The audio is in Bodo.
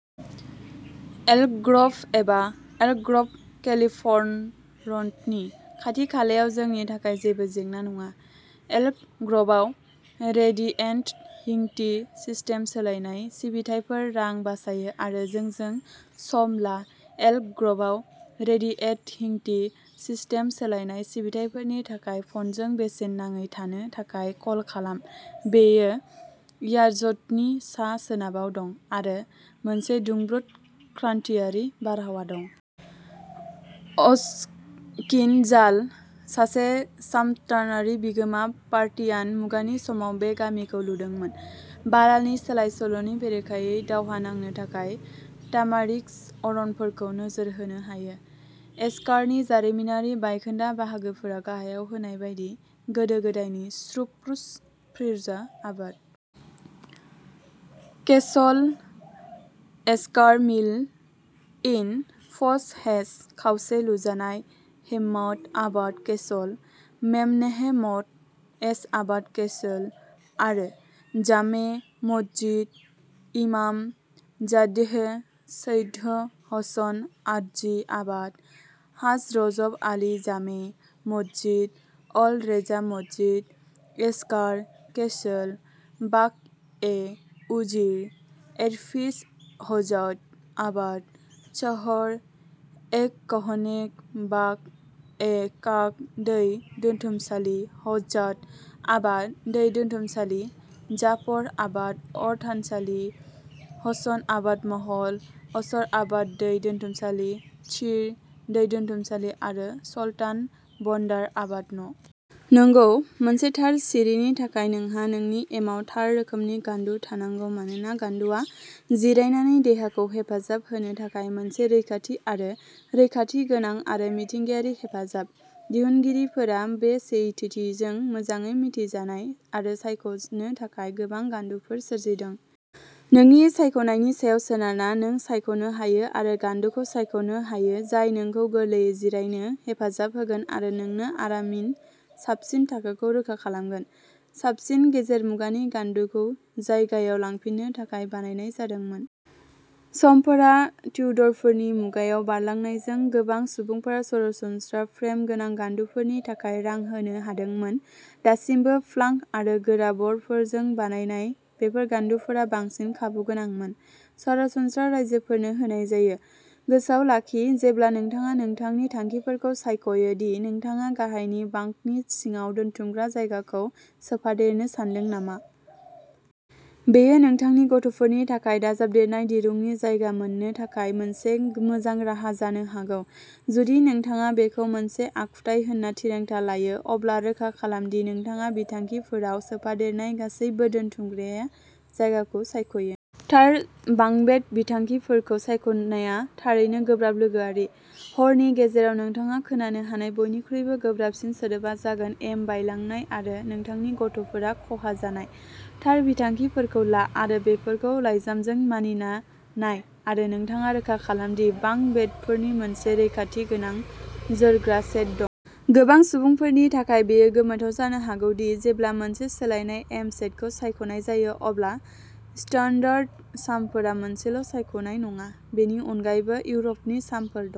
एल्क ग्र'भ एबा एल्क ग्र'भ, केलिफर्नट'नि खाथि-खालायाव जोंनि थाखाय जेबो जेंना नङा। एल्क ग्र'भआव रेडिएन्ट हिटिं सिस्टेम सोलायनाय सिबिथाइफोर रां बासायो आरो जोंजों सम ला एल्क ग्र'भआव रेडिएन्ट हिटिं सिस्टेम सोलायनाय सिबिथाइफोरनि थाखाय फनजों बेसेन नाङै थानो थाखाय कल खालाम बेनो याजदनि सा-सोनाबाव दं, आरो मोनसे दुंब्रुद, क्रान्तियारि बारहावा दं। अशकिन जाल, सासे सामन्तारि बिगोमा, पार्थियान मुगानि समाव बे गामिखौ लुदोंमोन। बालानि सोलाय-सोल'नि बेरेखायै दावहा नांनो थाखाय, तामारिस्क अरनफोरखौ नोजोर होनो हायो। एशकारनि जारिमिनारि बायखोन्दा बाहागोफोरा गाहायाव होनाय बायदि गोदो-गोदायनि स्प्रुस, फिर'ज आबाद केसल, एशकार मिल, इन, पस्ट हेस्ट, खावसे लुजानाय हेम्मात आबाद केसल, मेम'नेह मठ, एज आबाद केसल आरो जामे' मस्जिद, इमाम जाडेह सैयद हसन हादजी आबाद, हाज रजब आली जामे' मस्जिद, अल रेजा मस्जिद, एशकार केसल, बाक-ए-वजीर एडिफिस हज्जात आबाद, शहर-ए-कोहनेह बाक-ए-खाख दै दोनथुमसालि, हज्जात आबाद दै दोनथुमसालि, जाफर आबाद अर-थानसालि, हसन आबाद महल, असर आबाद दै दोनथुमसालि, शीर दै दोनथुमसालि आरो सल्तान बन्डार आबाद न'। नंगौ, मोनसे थार सिरिनि थाखाय नोंहा नोंनि एमाव थार रोखोमनि गान्दु थानांगौ मानोना गान्दुआ जिरायनानै देहाखौ हेफाजाब होनो थाखाय मोनसे रैखाथि आरो रैखाथि गोनां आरो मिथिंगायारि हेफाजाब। दिहुनगिरिफोरा बे सैथोथिजों मोजाङै मिथिजानाय आरो सायख'नो थाखाय गोबां गान्दुफोर सोरजिदों। नोंनि सायख'नायनि सायाव सोनारना नों सायख'नो हायो आरो गान्दुखौ सायख'नो हायो जाय नोंखौ गोरलैयै जिरायनो हेफाजाब होगोन आरो नोंनो आरामनि साबसिन थाखोखौ रोखा खालामगोन। साबसिन गेजेर मुगानि गान्दुखौ जायगायाव लांफिननो थाखाय बानायनाय जादोंमोन। समफोरा टिउडरफोरनि मुगायाव बारलांनायजों, गोबां सुबुंफोरा सरासनस्रा फ्रेम गोनां गान्दुफोरनि थाखाय रां होनो हादोंमोन। दासिमबो प्लांक आरो गोरा बर्डफोरजों बानायनाय, बेफोर गान्दुफोरा बांसिन खाबुगोनांमोन। सरासनस्रा राइजोफोरनो होनाय जायो। गोसोआव लाखि जेब्ला नोंथाङा नोंथांनि थांखिफोरखौ सायख'यो दि नोंथाङा गाहायनि बांकनि सिङाव दोनथुमग्रा जायगाखौ सोफादेरनो सानदों नामा। बेयो नोंथांनि गथ'फोरनि थाखाय दाजाबदेरनाय दिरुंनि जायगा मोन्नो थाखाय मोनसे मोजां राहा जानो हागौ। जुदि नोंथाङा बेखौ मोनसे आखुथाय होनना थिरांथा लायो, अब्ला रोखा खालाम दि नोंथाङा बिथांखिफोराव सोफादेरनाय गासैबो दोनथुमग्रा जायगाखौ सायख'यो। थार बांकबेड बिथांखिफोरखौ सायख'नाया थारैनो गोब्राब लोगोआरि। हरनि गेजेराव नोंथाङा खोनानो हानाय बयनिख्रुइबो गोब्राबसिन सोदोबआ जागोन एम बायलांनाय, आरो नोंथांनि गथ'फोरा खहा जानाय। थार बिथांखिफोरखौ ला आरो बेफोरखौ लाइजामजों मानिना नाय, आरो नोंथाङा रोखा खालाम दि बांक बेडफोरनि मोनसे रैखाथि गोनां, जोरग्रा सेट दं। गोबां सुबुंफोरनि थाखाय बेयो गोमोथाव जानो हागौ दि जेब्ला मोनसे सोलायनाय एम सेटखौ सायख'नाय जायो अब्ला स्टान्डार्ड शामफोरा मोनसेल' सायख'नाय नङा। बेनि अनगायैबो इउर'पनि शामफोर दं।